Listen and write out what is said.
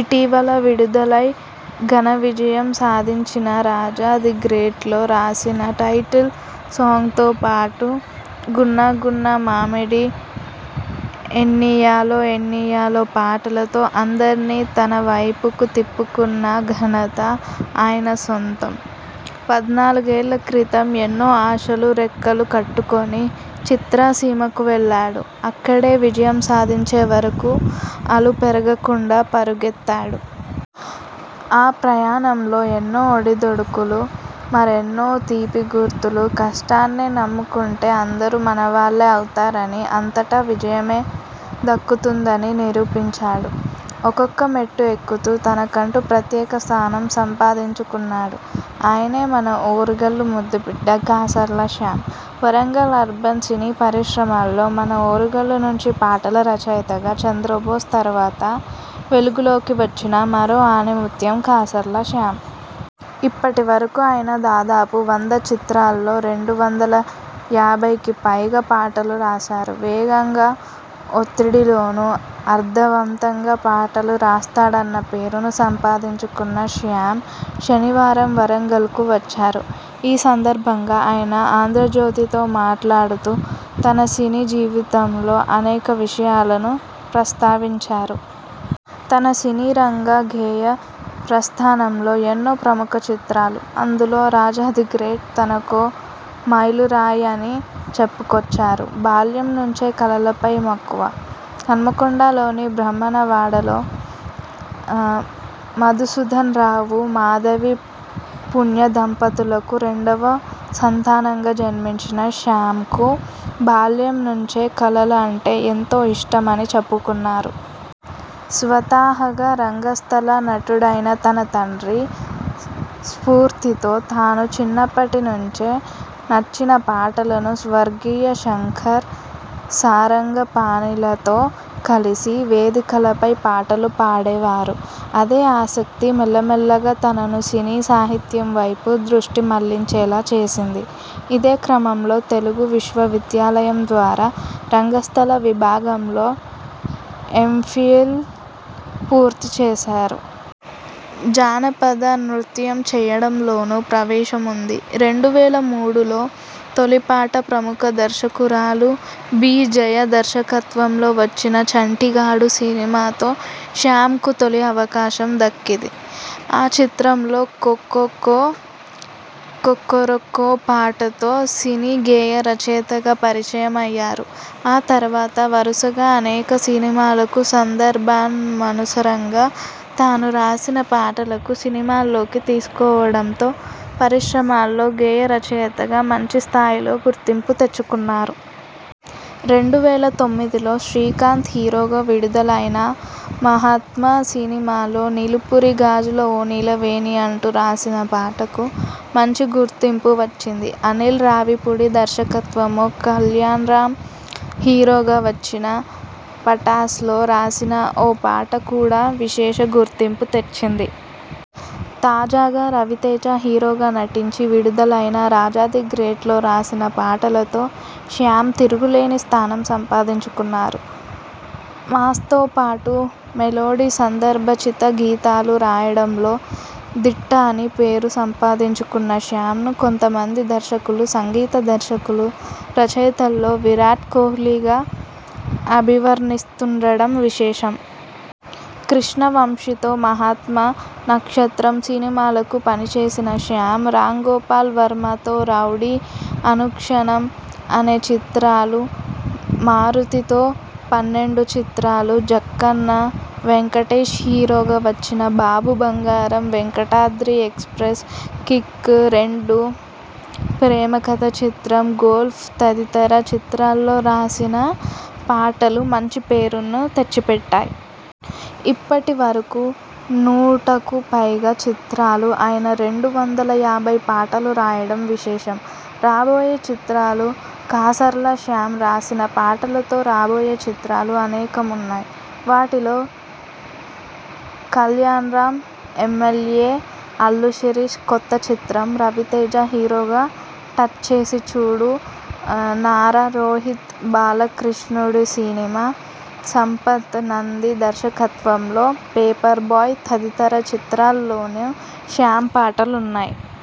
ఇటీవల విడుదలై ఘనవిజయం సాధించిన రాజా ది గ్రేట్ లో రాసిన టైటిల్ సాంగ్తో పాటు గున్నాగున్నామామిడి, ఎన్నియాలో ఎన్నియాలో పాటలతో అందరినీ తనవైపుకు తిప్పుకున్న ఘనత ఆయన సొంతం. పద్నాలుగేళ్ల క్రితం ఎన్నో ఆశలు రెక్కలు కట్టుకొని చిత్రసీమకు వెళ్లాడు. అక్కడే విజయం సాధించేవరకు అలుపెరగకుండా పరుగెత్తాడు. ఆ ప్రయాణంలో ఎన్నో ఒడిదొడుకులు. మరెన్నో తీపిగుర్తులు. కష్టాన్నే నమ్ముకుంటే అందరూ మనవాళ్లే అవుతారని, అంతటా విజయమే దక్కుతుందని నిరూపించాడు.. ఒక్కొక్క మెట్టు ఎక్కుతూ తనకంటూ ప్రత్యేక స్థానం సంపాదించుకున్నాడు. ఆయనే మన ఓరుగల్లు ముద్దుబిడ్డ కాసర్ల శ్యాం. వరంగల్ అర్బన్ సినీ పరిశ్రమల్లో మన ఓరుగల్లు నుంచి పాటల రచయితగా చంద్రబోస్ తరవాత వెలుగులోకి వచ్చిన మరో ఆణిముత్యం కాసర్ల శ్యాం. ఇప్పటివరకు ఆయన దాదాపు వంద చిత్రాల్లో రెండు వందల యాభైకి పైగా పాటలు రాశారు. వేగంగా, ఒత్తిడిలోనూ అర్ధవంతంగా పాటలు రాస్తాడన్న పేరును సంపాదించుకున్న శ్యాం శనివారం వరంగల్కు వచ్చారు. ఈ సందర్భంగా ఆయన ఆంధ్రజ్యోతితో మాట్లాడుతూ తన సినీ జీవితంలో అనేక విషయాలను ప్రస్థావించారు. తన సినీ రంగ గేయ ప్రస్థానంలో ఎన్నో ప్రముఖ చిత్రాలు.. అందులో రాజా ది గ్రేట్ తనకో మైలురాయి అని చెప్పుకొచ్చారు. బాల్యం నుంచే కళలపై మక్కువ.. హన్మకొండలోని బ్రాహ్మణ వాడలో ఆ మధుసూదన్ రావు, మాధవి పుణ్య దంపతులకు రెండోవ సంతానంగా జన్మించిన శ్యామ్కు బాల్యం నుంచే కళలు అంటే ఎంతో ఇష్టమని చెప్పుకున్నారు. స్వతహాగా రంగస్థల నటుడైన తన తండ్రి స్ఫూర్తితో తాను చిన్నప్పటి నుంచే నచ్చిన పాటలను స్వర్గీయ శంకర్, సారంగపాణిలతో కలిసి వేదికలపై పాటలు పాడేవారు. అదే ఆసక్తి మెల్లమెల్లగా తనను సినీ సాహిత్యం వైపు దృష్టి మళ్లించేలా చేసింది. ఇదే క్రమంలో తెలుగు విశ్వవిద్యాలయం ద్వారా రంగస్థల విభాగంలో ఎంఫిల్ పూర్తి చేశారు. జానపద నృత్యం చేయడంలోనూ ప్రవేశం ఉంది. రెండు వేల మూడులో తొలిపాట. ప్రముఖ దర్శకురాలు బి. జయ దర్శకత్వంలో వచ్చిన చంటిగాడు సినిమాతో శ్యాంకు తొలి అవకాశం దక్కిది. ఆ చిత్రంలో కోకోకో.. కొక్కొరోకో'పాటతో సినీ గేయ రచయితగా పరిచయం అయ్యారు. ఆ తర్వాత వరుసగా అనేక సినిమాలకు సందర్భానుసారంగా తాను రాసిన పాటలకు సినిమాల్లోకి తీసుకోవడంతో పరిశ్రమలో గేయ రచయితగా మంచి స్థాయిలో గుర్తింపు తెచ్చుకున్నారు. రెండు వేల తొమ్మిదిలో శ్రీకాంత్ హీరోగా విడుదలైన మహాత్మ సినిమాలో నీల్పురి గాజుల ఓ నీలవేణి అంటూ రాసిన పాటకు మంచి గుర్తింపు వచ్చింది. అనిల్ రావిపూడి దర్శకత్వం కళ్యాణ్రామ్ హీరోగా వచ్చిన పటాస్ లో రాసిన ఓ పాట కూడా విశేష గుర్తింపు తెచ్చింది. తాజాగా రవితేజ హీరోగా నటించి విడుదలైన రాజా ది గ్రేట్ లో రాసిన పాటలతో శ్యాం తిరుగులేని స్థానం సంపాదించుకున్నారు. మాస్తోపాటు మెలోడీ, సందర్భోచిత గీతాలు రాయడంలో దిట్ట అని పేరు సంపాదించుకున్న శ్యాంను కొంతమంది దర్శకులు, సంగీత దర్శకులు రచయితల్లో విరాట్ కోహ్లీగా అభివర్ణిస్తుండడం విశేషం. కృష్ణవంశీతో మహాత్మ, నక్షత్రం సినిమాలకు పనిచేసిన శ్యామ్ రాంగోపాల్ వర్మతో రౌడీ, అనుక్షణం అనే చిత్రాలు, మారుతితో పన్నెండు చిత్రాలు, జక్కన్న, వెంకటేశ్ హీరోగా వచ్చిన బాబు బంగారం, వెంకటాద్రి ఎక్స్ప్రెస్, కిక్.రెండు, ప్రేమకథా చిత్రం, గల్ఫ్ తదితర చిత్రాల్లో రాసిన పాటలు మంచి పేరును తెచ్చిపెట్టాయి. ఇప్పటి వరకు నూటకు పైగా చిత్రాలు ఆయన రెండు వందల యాభై పాటలు రాయడం విశేషం. రాబోయే చిత్రాలు, కాసర్ల శ్యామ్ రాసిన పాటలతో రాబోయే చిత్రాలు అనేకం ఉన్నాయి. వాటిలో కల్యాణ్రాం, ఎమ్మెల్యే, అల్లు శిరీష్ కొత్త చిత్రం, రవితేజ హీరోగా టచ్చేసి చూడూ, ఆ నారా రోహిత్ బాలకృష్ణుడిసినిమా, సంపత్ నంది దర్శకత్వంలో పేపర్బాయ్ తదితర చిత్రాల్లోనూ శ్యామ్ పాటలు ఉన్నాయి.